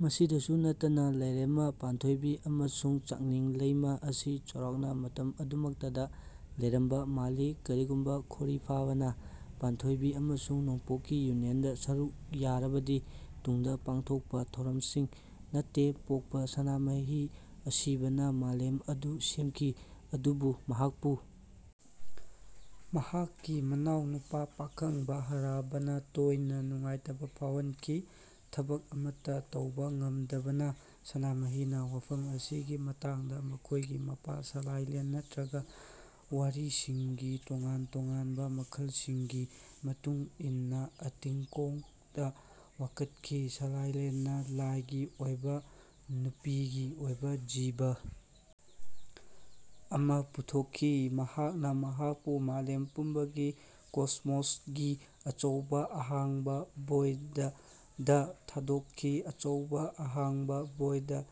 ꯃꯁꯤꯗꯁꯨ ꯅꯠꯇꯅ ꯂꯥꯏꯔꯦꯝꯃꯥ ꯄꯥꯟꯊꯣꯏꯕꯤ ꯑꯃꯁꯨꯡ ꯆꯥꯡꯅꯤꯡ ꯂꯩꯃꯥ ꯑꯁꯤ ꯆꯥꯎꯔꯥꯛꯅ ꯃꯇꯝ ꯑꯗꯨꯃꯛꯇꯗ ꯂꯩꯔꯝꯕ ꯃꯥꯜꯂꯤ ꯀꯔꯤꯒꯨꯝꯕ ꯈꯣꯔꯤꯐꯥꯕꯥꯅ ꯄꯥꯟꯊꯣꯏꯕꯤ ꯑꯃꯁꯨꯡ ꯅꯣꯡꯄꯣꯛꯀꯤ ꯌꯨꯅꯤꯌꯟꯗ ꯁꯔꯨꯛ ꯌꯥꯔꯕꯗꯤ ꯇꯨꯡꯗ ꯄꯥꯡꯊꯣꯛꯄ ꯊꯧꯔꯝꯁꯤꯡ ꯅꯠꯇꯦ ꯄꯣꯛꯄ ꯁꯅꯥꯃꯍꯤ ꯑꯁꯤꯕꯥꯅ ꯃꯥꯂꯦꯝ ꯑꯗꯨ ꯁꯦꯝꯈꯤ꯫ ꯑꯗꯨꯕꯨ ꯃꯍꯥꯛꯄꯨ ꯃꯍꯥꯛꯀꯤ ꯃꯅꯥꯎꯅꯨꯄꯥ ꯄꯥꯈꯪꯕꯥ ꯍꯔꯥꯕꯥꯅ ꯇꯣꯏꯅ ꯅꯨꯡꯉꯥꯏꯇꯕ ꯐꯥꯎꯍꯟꯈꯤ꯫ ꯊꯕꯛ ꯑꯃꯠꯇ ꯇꯧꯕ ꯉꯝꯗꯕꯅ ꯁꯅꯥꯃꯍꯤꯅ ꯋꯥꯐꯝ ꯑꯁꯤꯒꯤ ꯃꯇꯥꯡꯗ ꯃꯈꯣꯏꯒꯤ ꯃꯄꯥ ꯁꯥꯂꯥꯏꯂꯦꯟ ꯅꯠꯇ꯭ꯔꯒ ꯋꯥꯔꯤꯁꯤꯡꯒꯤ ꯇꯣꯉꯥꯟ ꯇꯣꯉꯥꯟꯕ ꯃꯈꯜꯁꯤꯡꯒꯤ ꯃꯇꯨꯡ ꯏꯟꯅ ꯑꯇꯤꯡꯀꯣꯡꯗ ꯋꯥꯀꯠꯈꯤ꯫ ꯁꯂꯥꯏꯂꯦꯟꯅ ꯂꯥꯏꯒꯤ ꯑꯣꯏꯕ ꯅꯨꯄꯤꯒꯤ ꯑꯣꯏꯕ ꯖꯤꯕ ꯑꯃ ꯄꯨꯊꯣꯛꯈꯤ꯫ ꯃꯍꯥꯛꯅ ꯃꯍꯥꯛꯄꯨ ꯃꯥꯂꯦꯝ ꯄꯨꯝꯕꯒꯤ ꯀꯣꯁꯃꯣꯁꯒꯤ ꯑꯆꯧꯕ ꯑꯍꯥꯡꯕ ꯚꯣꯏꯗ ꯗ ꯊꯥꯗꯣꯛꯈꯤ꯫ ꯑꯆꯧꯕ ꯑꯍꯥꯡꯕ ꯚꯣꯏꯗ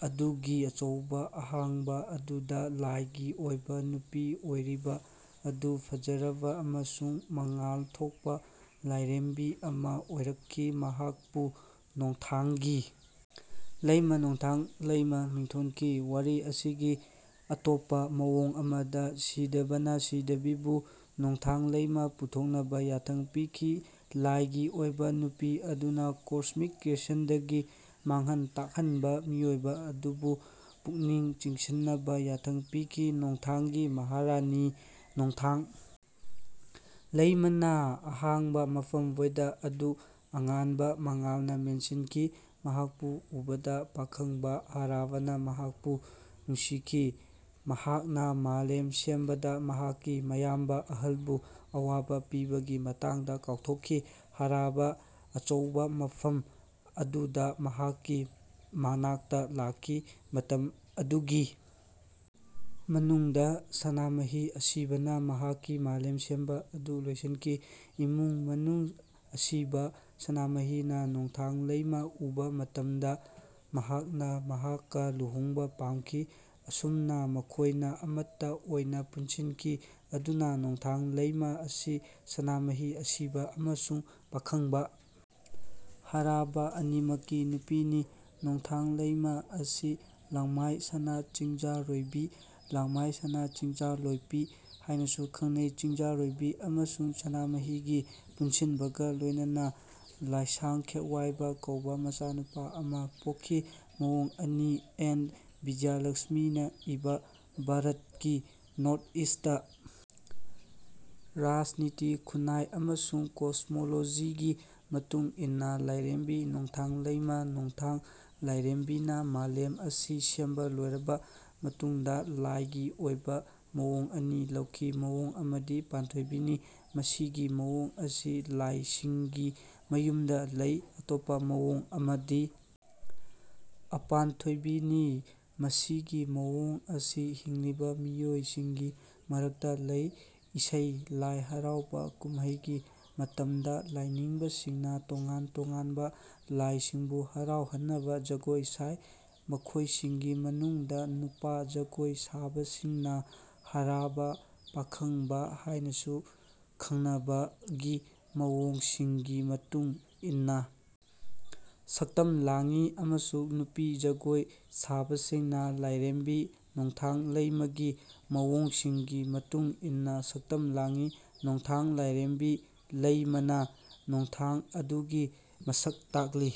ꯑꯗꯨꯒꯤ ꯑꯆꯧꯕ ꯑꯍꯥꯡꯕ ꯑꯗꯨꯗ ꯂꯥꯏꯒꯤ ꯑꯣꯏꯕ ꯅꯨꯄꯤ ꯑꯣꯏꯔꯤꯕ ꯑꯗꯨ ꯐꯖꯔꯕ ꯑꯃꯁꯨꯡ ꯃꯉꯥꯜ ꯊꯣꯛꯄ ꯂꯥꯏꯔꯦꯝꯕꯤ ꯑꯃ ꯑꯣꯏꯔꯛꯈꯤ꯫ ꯃꯍꯥꯛꯄꯨ ꯅꯣꯡꯊꯥꯡꯒꯤ ꯂꯩꯃ ꯅꯣꯡꯊꯥꯡ ꯂꯩꯃ ꯃꯤꯡꯊꯣꯟꯈꯤ꯫ ꯋꯥꯔꯤ ꯑꯁꯤꯒꯤ ꯑꯇꯣꯞꯄ ꯃꯑꯣꯡ ꯑꯃꯗ ꯁꯤꯗꯥꯕꯥꯅ ꯁꯤꯗꯥꯕꯤꯕꯨ ꯅꯣꯡꯊꯥꯡ ꯂꯩꯃꯥ ꯄꯨꯊꯣꯛꯅꯕ ꯌꯥꯊꯪ ꯄꯤꯈꯤ ꯂꯥꯏꯒꯤ ꯑꯣꯏꯕ ꯅꯨꯄꯤ ꯑꯗꯨꯅ ꯀꯣꯁꯃꯤꯛ ꯀ꯭ꯔꯦꯁꯟꯗꯒꯤ ꯃꯥꯡꯍꯟ ꯇꯥꯛꯍꯟꯕ ꯃꯤꯑꯣꯏꯕ ꯑꯗꯨꯕꯨ ꯄꯨꯛꯅꯤꯡ ꯆꯤꯡꯁꯤꯟꯅꯕ ꯌꯥꯊꯪ ꯄꯤꯈꯤ꯫ ꯅꯣꯡꯊꯥꯡꯒꯤ ꯃꯍꯥꯔꯥꯅꯤ ꯅꯣꯡꯊꯥꯡ ꯂꯩꯃꯥꯅ ꯑꯍꯥꯡꯕ ꯃꯐꯝ ꯚꯣꯏꯗ ꯑꯗꯨ ꯑꯉꯥꯟꯕ ꯃꯉꯥꯜꯅ ꯃꯦꯟꯁꯤꯟꯈꯤ꯫ ꯃꯍꯥꯛꯄꯨ ꯎꯕꯗ ꯄꯥꯈꯥꯡꯕꯥ ꯍꯔꯥꯕꯥꯅ ꯃꯍꯥꯛꯄꯨ ꯅꯨꯡꯁꯤꯈꯤ꯫ ꯃꯍꯥꯛꯅ ꯃꯥꯂꯦꯝ ꯁꯦꯝꯕꯗ ꯃꯍꯥꯛꯀꯤ ꯃꯌꯥꯝꯕ ꯑꯍꯜꯕꯨ ꯑꯋꯥꯕ ꯄꯤꯕꯒꯤ ꯃꯇꯥꯡꯗ ꯀꯥꯎꯊꯣꯛꯈꯤ꯫ ꯍꯔꯥꯕꯥ ꯑꯆꯧꯕ ꯃꯐꯝ ꯑꯗꯨꯗ ꯃꯍꯥꯛꯀꯤ ꯃꯅꯥꯛꯇ ꯂꯥꯛꯈꯤ꯫ ꯃꯇꯝ ꯑꯗꯨꯒꯤ ꯃꯅꯨꯡꯗ ꯁꯅꯥꯃꯍꯤ ꯑꯁꯤꯕꯥꯅ ꯃꯍꯥꯛꯀꯤ ꯃꯥꯂꯦꯝ ꯁꯦꯝꯕ ꯑꯗꯨ ꯂꯣꯏꯁꯤꯟꯈꯤ꯫ ꯏꯃꯨꯡ ꯃꯅꯨꯡ ꯑꯁꯤꯕꯥ ꯁꯅꯥꯃꯍꯤꯅ ꯅꯣꯡꯊꯥꯡ ꯂꯩꯃꯥ ꯎꯕ ꯃꯇꯝꯗ ꯃꯍꯥꯛꯅ ꯃꯍꯥꯛꯀ ꯂꯨꯍꯣꯡꯕ ꯄꯥꯝꯈꯤ꯫ ꯑꯁꯨꯝꯅ ꯃꯈꯣꯏꯅ ꯑꯃꯠꯇ ꯑꯣꯏꯅ ꯄꯨꯟꯁꯤꯟꯈꯤ꯫ ꯑꯗꯨꯅ ꯅꯣꯡꯊꯥꯡ ꯂꯩꯃꯥ ꯑꯁꯤ ꯁꯅꯥꯃꯍꯤ ꯑꯁꯤꯕꯥ ꯑꯃꯁꯨꯡ ꯄꯥꯈꯥꯡꯕꯥ ꯍꯔꯥꯕꯥ ꯑꯅꯤꯃꯛꯀꯤ ꯅꯨꯄꯤꯅꯤ꯫ ꯅꯣꯡꯊꯥꯡ ꯂꯩꯃꯥ ꯑꯁꯤ ꯂꯥꯡꯃꯥꯏ ꯁꯅꯥ ꯆꯤꯡꯖꯥꯔꯣꯏꯕꯤ ꯂꯥꯡꯃꯥꯏ ꯁꯅꯥ ꯆꯤꯡꯆꯥꯂꯣꯏꯄꯤ ꯍꯥꯏꯅꯁꯨ ꯈꯪꯅꯩ꯫ ꯆꯤꯡꯖꯔꯣꯏꯕꯤ ꯑꯃꯁꯨꯡ ꯁꯅꯥꯃꯍꯤꯒꯤ ꯄꯨꯟꯁꯤꯟꯕꯒ ꯂꯣꯏꯅꯅ ꯂꯥꯏꯁꯥꯡ ꯈꯦꯛꯋꯥꯏꯕꯥ ꯀꯧꯕ ꯃꯆꯥꯅꯨꯄꯥ ꯑꯃ ꯄꯣꯛꯈꯤ꯫ ꯃꯑꯣꯡ ꯑꯅꯤ ꯑꯦꯟ ꯕꯤꯖꯌꯂꯛ꯭ꯁꯃꯤꯅ ꯏꯕ ꯚꯥꯔꯠꯀꯤ ꯅꯣꯔꯊ ꯏꯁꯠꯇ ꯔꯥꯖꯅꯤꯇꯤ ꯈꯨꯟꯅꯥꯏ ꯑꯃꯁꯨꯡ ꯀꯣꯁꯃꯣꯂꯣꯖꯤꯒꯤ ꯃꯇꯨꯡ ꯏꯟꯅ ꯂꯥꯏꯔꯦꯝꯕꯤ ꯅꯣꯡꯊꯥꯡ ꯂꯩꯃꯥ ꯅꯣꯡꯊꯥꯡ ꯂꯥꯏꯔꯦꯝꯕꯤꯅ ꯃꯥꯂꯦꯝ ꯑꯁꯤ ꯁꯦꯝꯕ ꯂꯣꯏꯔꯕ ꯃꯇꯨꯡꯗ ꯂꯥꯏꯒꯤ ꯑꯣꯏꯕ ꯃꯑꯣꯡ ꯑꯅꯤ ꯂꯧꯈꯤ꯫ ꯃꯑꯣꯡ ꯑꯃꯗꯤ ꯄꯥꯟꯊꯣꯏꯕꯤꯅꯤ꯫ ꯃꯁꯤꯒꯤ ꯃꯑꯣꯡ ꯑꯁꯤ ꯂꯥꯏꯁꯤꯡꯒꯤ ꯃꯌꯨꯝꯗ ꯂꯩ꯫ ꯑꯇꯣꯞꯄ ꯃꯑꯣꯡ ꯑꯃꯗꯤ ꯑꯄꯟꯊꯣꯏꯕꯤꯅꯤ꯫ ꯃꯁꯤꯒꯤ ꯃꯑꯣꯡ ꯑꯁꯤ ꯍꯤꯡꯂꯤꯕ ꯃꯤꯑꯣꯏꯁꯤꯡꯒꯤ ꯃꯔꯛꯇ ꯂꯩ꯫ ꯏꯁꯩ ꯂꯥꯏ ꯍꯔꯥꯎꯕꯥ ꯀꯨꯝꯍꯩꯒꯤ ꯃꯇꯝꯗ ꯂꯥꯏꯅꯤꯡꯕꯁꯤꯡꯅ ꯇꯣꯉꯥꯟ ꯇꯣꯉꯥꯟꯕ ꯂꯥꯏꯁꯤꯡꯕꯨ ꯍꯔꯥꯎꯍꯟꯅꯕ ꯖꯒꯣꯏ ꯁꯥꯏ꯫ ꯃꯈꯣꯏꯁꯤꯡꯒꯤ ꯃꯅꯨꯡꯗ ꯅꯨꯄꯥ ꯖꯒꯣꯏ ꯁꯥꯕꯁꯤꯡꯅ ꯍꯔꯥꯕꯥ ꯄꯥꯈꯥꯡꯕꯥ ꯍꯥꯏꯅꯁꯨ ꯈꯪꯅꯕ ꯒꯤ ꯃꯑꯣꯡꯁꯤꯡꯒꯤ ꯃꯇꯨꯡ ꯏꯟꯅ ꯁꯛꯇꯝ ꯂꯥꯡꯏ ꯑꯃꯁꯨꯡ ꯅꯨꯄꯤ ꯖꯒꯣꯏ ꯁꯥꯕꯁꯤꯡꯅ ꯂꯥꯏꯔꯦꯝꯕꯤ ꯅꯣꯡꯊꯥꯡ ꯂꯩꯃꯥꯒꯤ ꯃꯑꯣꯡꯁꯤꯡꯒꯤ ꯃꯇꯨꯡ ꯏꯟꯅ ꯁꯛꯇꯝ ꯂꯥꯡꯏ꯫ ꯅꯣꯡꯊꯥꯡ ꯂꯥꯏꯔꯦꯝꯕꯤ ꯂꯩꯃꯥꯅ ꯅꯣꯡꯊꯥꯡ ꯑꯗꯨꯒꯤ ꯃꯁꯛ ꯇꯥꯛꯂꯤ꯫